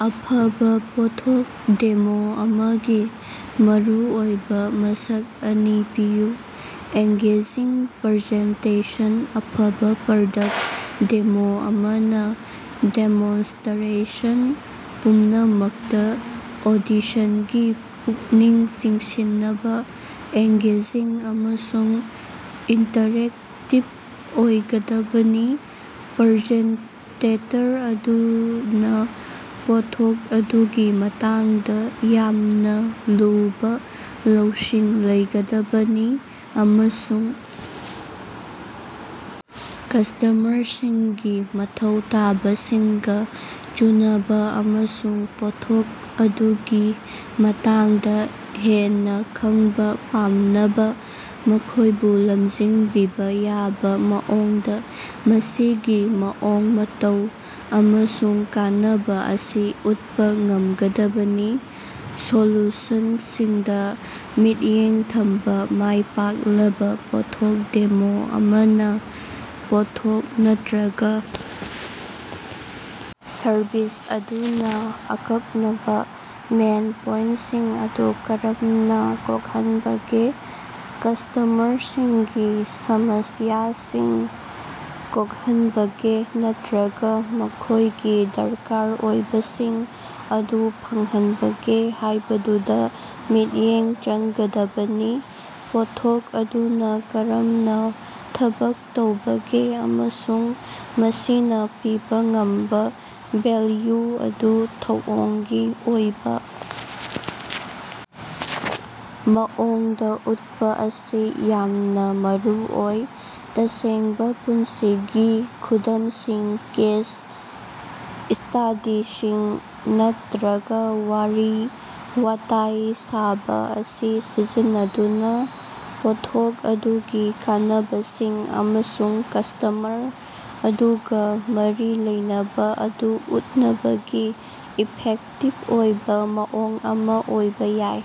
ꯑꯐꯕ ꯄꯣꯠꯊꯣꯛ ꯗꯦꯃꯣ ꯑꯃꯒꯤ ꯃꯔꯨꯑꯣꯏꯕ ꯃꯁꯛ ꯑꯅꯤ ꯄꯤꯌꯨ꯫ ꯑꯦꯡꯒꯦꯖꯤꯡ ꯄꯔꯖꯦꯟꯇꯦꯁꯟ ꯑꯐꯕ ꯄꯔꯗꯛ ꯗꯦꯃꯣ ꯑꯃꯅ ꯗꯦꯃꯣꯟꯁꯇꯔꯦꯁꯟ ꯄꯨꯝꯅꯃꯛꯇ ꯑꯣꯗꯤꯁꯟꯒꯤ ꯄꯨꯛꯅꯤꯡ ꯆꯤꯡꯁꯤꯟꯅꯕ ꯑꯦꯡꯒꯦꯖꯤꯡ ꯑꯃꯁꯨꯡ ꯏꯟꯇꯔꯦꯛꯇꯤꯕ ꯑꯣꯏꯒꯗꯕꯅꯤ꯫ ꯄꯔꯖꯦꯟꯇꯦꯇꯔ ꯑꯗꯨꯅ ꯄꯣꯠꯊꯣꯛ ꯑꯗꯨꯒꯤ ꯃꯇꯥꯡꯗ ꯌꯥꯝꯅ ꯂꯨꯕ ꯂꯧꯁꯤꯡ ꯂꯩꯒꯗꯕꯅꯤ ꯑꯃꯁꯨꯡ ꯀꯁꯇꯃꯔꯁꯤꯡꯒꯤ ꯃꯊꯧ ꯇꯥꯕꯁꯤꯡꯒ ꯆꯨꯅꯕ ꯑꯃꯁꯨꯡ ꯄꯣꯠꯊꯣꯛ ꯑꯗꯨꯒꯤ ꯃꯇꯥꯡꯗ ꯍꯦꯟꯅ ꯈꯪꯕ ꯄꯥꯝꯅꯕ ꯃꯈꯣꯏꯕꯨ ꯂꯃꯖꯤꯡꯕꯤꯕ ꯌꯥꯕ ꯃꯑꯣꯡꯗ ꯃꯁꯤꯒꯤ ꯃꯑꯣꯡ ꯃꯇꯧ ꯑꯃꯁꯨꯡ ꯀꯥꯟꯅꯕ ꯑꯁꯤ ꯎꯠꯄ ꯉꯝꯒꯗꯕꯅꯤ꯫ ꯁꯣꯂꯨꯁꯟꯁꯤꯡꯗ ꯃꯤꯠꯌꯦꯡ ꯊꯝꯕ ꯃꯥꯏ ꯄꯥꯛꯂꯕ ꯄꯣꯠꯊꯣꯛ ꯗꯦꯃꯣ ꯑꯃꯅ ꯄꯣꯠꯊꯣꯛ ꯅꯠꯇ꯭ꯔꯒ ꯁꯔꯚꯤꯁ ꯑꯗꯨꯅ ꯑꯀꯛꯅꯕ ꯃꯦꯟ ꯄꯣꯏꯟꯁꯤꯡ ꯑꯗꯨ ꯀꯔꯝꯅ ꯀꯣꯛꯍꯟꯕꯒꯦ ꯀꯁꯇꯃꯔꯁꯤꯡꯒꯤ ꯁꯝꯁꯌꯥꯁꯤꯡ ꯀꯣꯛꯍꯟꯕꯒꯦ ꯅꯠꯇ꯭ꯔꯒ ꯃꯈꯣꯏꯒꯤ ꯗꯔꯀꯥꯔ ꯑꯣꯏꯕꯁꯤꯡ ꯑꯗꯨ ꯐꯪꯍꯟꯕꯒꯦ ꯍꯥꯏꯕꯗꯨꯗ ꯃꯤꯠꯌꯦꯡ ꯆꯪꯒꯗꯕꯅꯤ꯫ ꯄꯣꯠꯊꯣꯛ ꯑꯗꯨꯅ ꯀꯔꯝꯅ ꯊꯕꯛ ꯇꯧꯕꯒꯦ ꯑꯃꯁꯨꯡ ꯃꯁꯤꯅ ꯄꯤꯕ ꯉꯝꯕ ꯚꯦꯜꯌꯨ ꯑꯗꯨ ꯊꯧꯑꯣꯡꯒꯤ ꯑꯣꯏꯕ ꯃꯑꯣꯡꯗ ꯎꯠꯄ ꯑꯁꯤ ꯌꯥꯝꯅ ꯃꯔꯨꯑꯣꯏ꯫ ꯇꯁꯦꯡꯕ ꯄꯨꯟꯁꯤꯒꯤ ꯈꯨꯗꯝꯁꯤꯡ ꯀꯦꯁ ꯁꯇꯗꯤꯁꯤꯡ ꯅꯠꯇ꯭ꯔꯒ ꯋꯥꯔꯤ ꯋꯥꯇꯥꯏ ꯁꯥꯕ ꯑꯁꯤ ꯁꯤꯖꯤꯟꯅꯗꯨꯅ ꯄꯣꯠꯊꯣꯛ ꯑꯗꯨꯒꯤ ꯀꯥꯟꯅꯕꯁꯤꯡ ꯑꯃꯁꯨꯡ ꯀꯁꯇꯃꯔ ꯑꯗꯨꯒ ꯃꯔꯤ ꯂꯩꯅꯕ ꯑꯗꯨ ꯎꯠꯅꯕꯒꯤ ꯏꯐꯦꯛꯇꯤꯚ ꯑꯣꯏꯕ ꯃꯑꯣꯡ ꯑꯃ ꯑꯣꯏꯕ ꯌꯥꯏ꯫